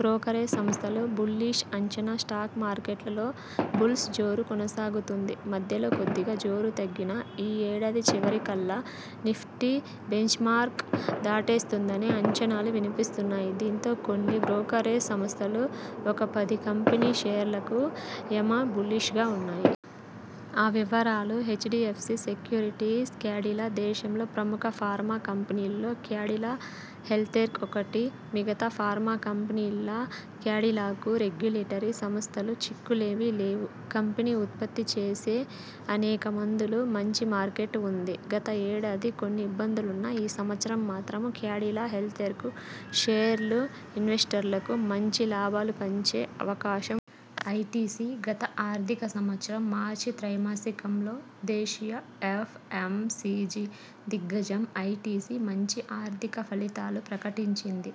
Brokerage సంస్థల bullish అంచనా stock మార్కెట్లో బుల్స్ జోరు కొనసాగుతోంది. మధ్యలో కొద్దిగా జోరు తగ్గినా ఈ ఏడాది చివరి కల్లా నిఫ్టీ బెంచ్మార్క్ దాటేస్తుందనే అంచనాలు వినిపిస్తున్నాయి. దీంతో కొన్ని బ్రోకరేజ్ సంస్థలు ఒక పది కంపెనీల షేర్లపై యమ బుల్లి్షగా ఉన్నాయి. ఆ వివరాలు హెచ్డిఎ్ఫసి సెక్యూరిటీస్ క్యాడిలా దేశంలోని ప్రముఖ ఫార్మా కంపెనీల్లో క్యాడిలా హెల్త్కేర్ ఒకటి. మిగతా ఫార్మా కంపెనీల్లా క్యాడిలాకు రెగ్యులేటరీ సంస్థల చిక్కులేమీ లేవు. కంపెనీ ఉత్పత్తి చేసే అనేక మందులకు మంచి మార్కెట్ ఉంది. గత ఏడాది కొన్ని ఇబ్బందులున్నా ఈ సంవత్సరం మాత్రం క్యాడిలా హెల్త్కేర్ షేర్లు ఇన్వెస్టర్లకు మంచి లాభాలు పంచే అవకాశం ఉంది. ఐటిసి గత ఆర్థిక సంవత్సరం మార్చి త్రైమాసికంలోనూ దేశీయ ఎఫ్ఎంసిజి దిగ్గజం ఐటిసి మంచి ఆర్థిక ఫలితాలు ప్రకటించింది.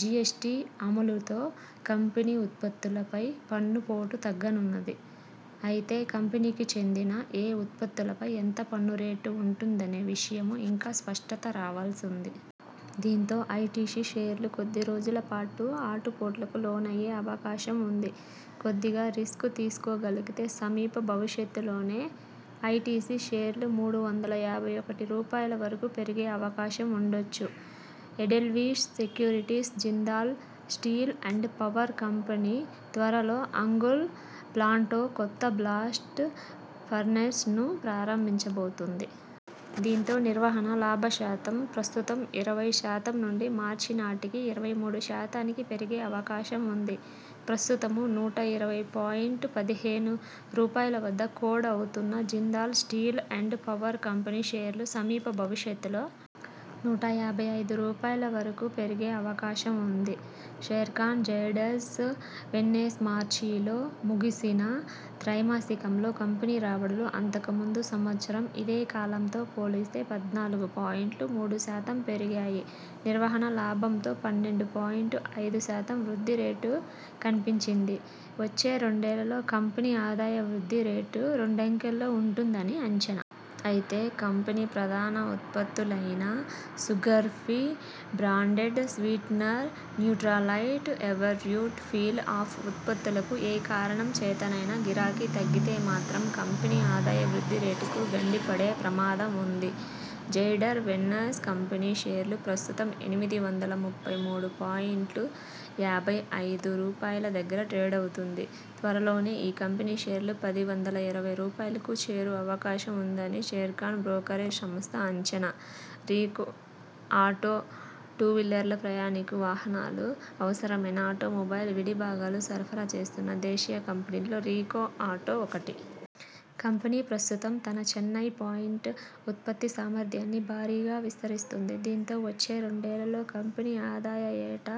జిఎ్సటి అమలుతో కంపెనీ ఉత్పత్తులపై పన్ను పోటూ తగ్గనుంది. అయితే కంపెనీకి చెందిన ఏ ఉత్పత్తులపై ఎంత పన్ను రేటు ఉంటుందనే విషయంపై ఇంకా స్పష్టత రావాల్సి ఉంది. దీంతో ఐటిసి షేర్లు కొద్ది రోజుల పాటు ఆటుపోట్లకు లోనయ్యే అవకాశం ఉంది. కొద్దిగా రిస్కు తీసుకోగలిగితే సమీప భవిష్యతలోనే ఐటిసి షేర్లు మూడు వందల యాభై ఒకటి రూపాయలు వరకు పెరిగే అవకాశం ఉండొచ్చు. Edelweiss securities Jindal steel and power company త్వరలో అంగుల్ ప్లాంట్లో కొత్త బ్లాస్ట్ ఫర్నేస్ ను ప్రారంభించబోతోంది. దీంతో నిర్వహణ లాభ శాతం ప్రస్తుత ఇరవై శాతం నుంచి మార్చి నాటికి ఇరవై మూడు శాతానికి పెరిగే అవకాశం ఉంది ప్రస్తుతం నూట ఇరవై పాయింట్ పదిహేను రూపాయలు వద్ద కోట్ అవుతున్న Jindal steel and power company షేర్లు సమీప భవిష్యతలో నూట యాభై ఐదు రూపాయలువరకు పెరిగే అవకాశం ఉంది షేర్ఖాన్ జైడస్ వెల్నెస్మార్చితో ముగిసిన త్రైమాసికంలో కంపెనీ రాబడులు అంతకు ముందు సంవత్సరం ఇదే కాలంతో పోలిస్తే పద్నాలుగు పాయింట్ మూడు శాతం పెరిగాయి నిర్వహణ లాభంలోనూ పన్నెండు పాయింట్ ఐదు శాతం వృద్ధి రేటు కనిపించింది వచ్చే రెండేళ్లలో కంపెనీ ఆదాయ వృద్ధి రేటు రెండంకెల్లో ఉంటుందని అంచనా. అయితే కంపెనీ ప్రధాన ఉత్పత్తులైన Sugar Free branded sweetener, Nutralite, Everyuth peel off ఉత్పత్తులకు ఏ కారణం చేతనైనా గిరాకీ తగ్గితే మాత్రం కంపెనీ ఆదాయ వృద్ధి రేటుకు గండి పడే ప్రమాదం ఉంది. జైడస్ వెల్నెస్ కంపెనీ షేర్లు ప్రస్తుతం ఎనిమిది వందల ముప్పై మూడు పాయింట్ యాభై ఐదు రూపాయలు దగ్గర ట్రేడవుతున్నాయి త్వరలోనే ఈ కంపెనీ షేర్లు పది వందల ఇరవై రూపాయలుకు చేరు అవకాశం ఉందని షేర్ఖాన్ బ్రోకరేజ్ సంస్థ అంచనా రికో ఆటో టూవీలర్లు, ప్రయాణికుల వాహనాలకు అవసరమైన ఆటోమొబైల్ విడి భాగాలు సరఫరా చేస్తున్న దేశీయ కంపెనీల్లో రికో ఆటో ఒకటి. కంపెనీ ప్రస్తుతం తన చెన్నై పాయింట్ ఉత్పత్తి సామర్ధ్యాన్ని భారీగా విస్తరిస్తోంది. దీంతో వచ్చే రెండేళ్లలో కంపెనీ ఆదాయం ఏటా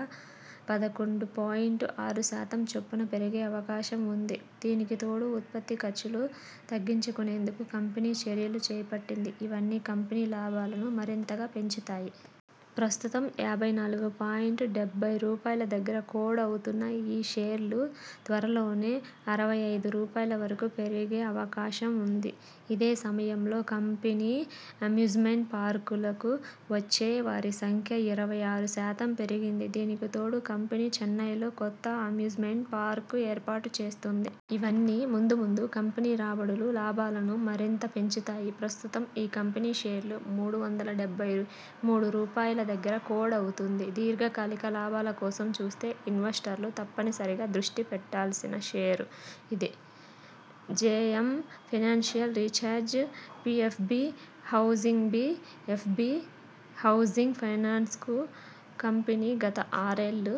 పదకొండు పాయింట్ ఆరు శాతం చొప్పున పెరిగే అవకాశం ఉంది దీనికి తోడు ఉత్పత్తి ఖర్చులు తగ్గించుకునేందుకూ కంపెనీ చర్యలు చేపట్టింది. ఇవన్నీ కంపెనీ లాభాలు మరింతగా పెంచుతాయి. ప్రస్తుతం యాభై నాలుగు పాయింట్ డెబ్బై రూపాయలు దగ్గర కోడ్ అవుతున్న ఈ షేర్లు త్వరలోనే అరవై ఐదు రూపాయలువరకు పెరిగే అవకాశం ఉంది. ఇదే సమయంలో కంపెనీ అమ్యూజ్మెంట్ పార్కులకు వచ్చే వారి సంఖ్యా ఇరవై ఆరు శాతం పెరిగింది. దీనికి తోడు కంపెనీ చెన్నైలోనూ కొత్త అమ్యూజ్మెంట్ పార్కు ఏర్పాటు చేస్తోంది. ఇవన్నీ ముందు ముందు కంపెనీ రాబడులు, లాభాలను మరింత పెంచనున్నాయి. ప్రస్తుతం ఈ కంపెనీ షేర్లు మూడు వందల డెబ్బై మూడు రూపాయలుదగ్గర కోట్ అవుతుది దీర్ఘకాలిక లాభాల కోసం చూసే ఇన్వెస్టర్లు తప్పనిసరిగా దృష్టి పెట్టాల్సిన షేరు ఇది. JM financial recharge PNB housing PNB housing finance కు కంపెనీ గత ఆరేళ్ల